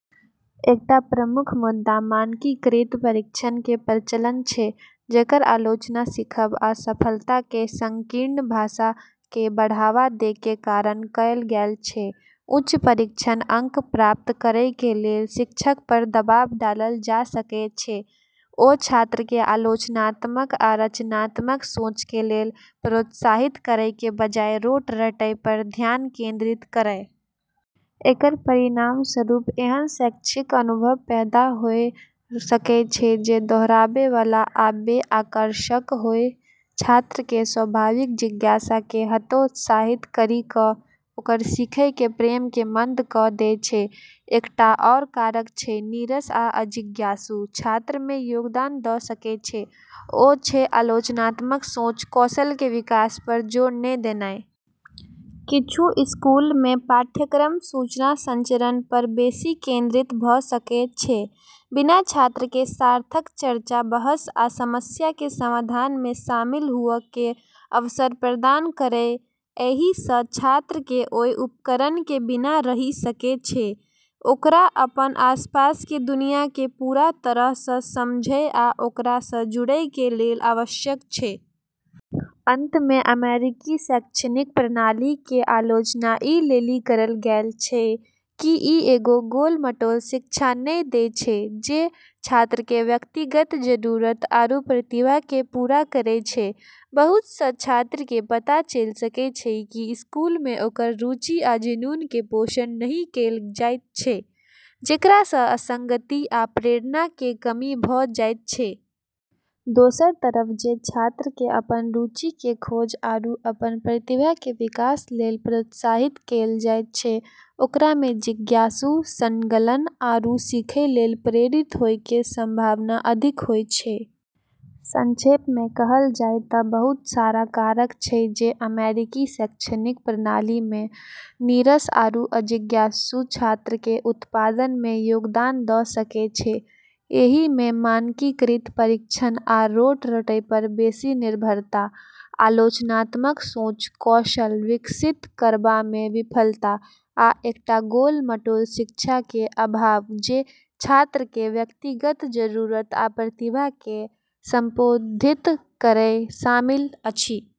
एकटा प्रमुख मुद्दा मानकीकृत परीक्षण के प्रचलन छै, जेकर आलोचना सीखब आ सफलता के संकीर्ण परिभाषा के बढ़ावा दै के कारण कयल गेल छै। उच्च परीक्षण अंक प्राप्त करय के लेल शिक्षक पर दबाव डालल जा सकै छै कि ओ छात्र के आलोचनात्मक आ रचनात्मक सोच के लेल प्रोत्साहित करय के बजाय रोट रटय पर ध्यान केंद्रित करय। एकर परिणामस्वरूप एहन शैक्षिक अनुभव पैदा होय सकै छै जे दोहराबै वाला आ बे-आकर्षक होय, छात्र के स्वाभाविक जिज्ञासा के हतोत्साहित करी कऽ ओकर सीखै के प्रेम के मंद क' दै छै। एकटा आर कारक जे "नीरस आ अजिज्ञासु" छात्र मे योगदान दऽ सकै छै, ओ छै आलोचनात्मक सोच कौशल के विकास पर जोर नै देनाय। किछू स्कूल मे पाठ्यक्रम सूचना संचरण पर बेसि केंद्रित भऽ सकै छै, बिना छात्र के सार्थक चर्चा, बहस आ समस्या के समाधान मे शामिल हुअ के अवसर प्रदान करय। एहि सँ छात्र के ओय उपकरण के बिना रहि सकै छै जे ओकरा अपन आसपास के दुनिया के पूरा तरह सँ समझय आ ओकरा सं जुड़य के लेल आवश्यक छै। अंत मे, अमेरिकी शैक्षणिक प्रणाली के आलोचना ई लेली करल गेल छै कि ई एगो गोल-मटोल शिक्षा नै दै छै जे छात्र के व्यक्तिगत जरूरत आरू प्रतिभा के पूरा करै छै। बहुत सं छात्र के पता चल सकै छै कि स्कूल मे ओकर रुचि आ जुनून के पोषण नहि कएल जाइत छै, जेकरा सं असंगति आ प्रेरणा के कमी भऽ जाइत छै। दोसर तरफ, जे छात्र के अपन रुचि के खोज आरू अपन प्रतिभा के विकास लेल प्रोत्साहित कएल जाइत छै, ओकरा मे जिज्ञासु, संलग्न आरू सीखै लेल प्रेरित होय के संभावना अधिक होय छै। संक्षेप मे कहल जाय तऽ बहुत सारा कारक छै जे अमेरिकी शैक्षणिक प्रणाली मे "नीरस आरू अजिज्ञासु" छात्र के उत्पादन मे योगदान दऽ सकै छै। एहि मे मानकीकृत परीक्षण आ रोट रटय पर बेसि निर्भरता, आलोचनात्मक सोच कौशल विकसित करबा मे विफलता, आ एकटा गोल-मटोल शिक्षा के अभाव जे छात्र के व्यक्तिगत जरूरत आ प्रतिभा के संबोधित करय, शामिल अछि।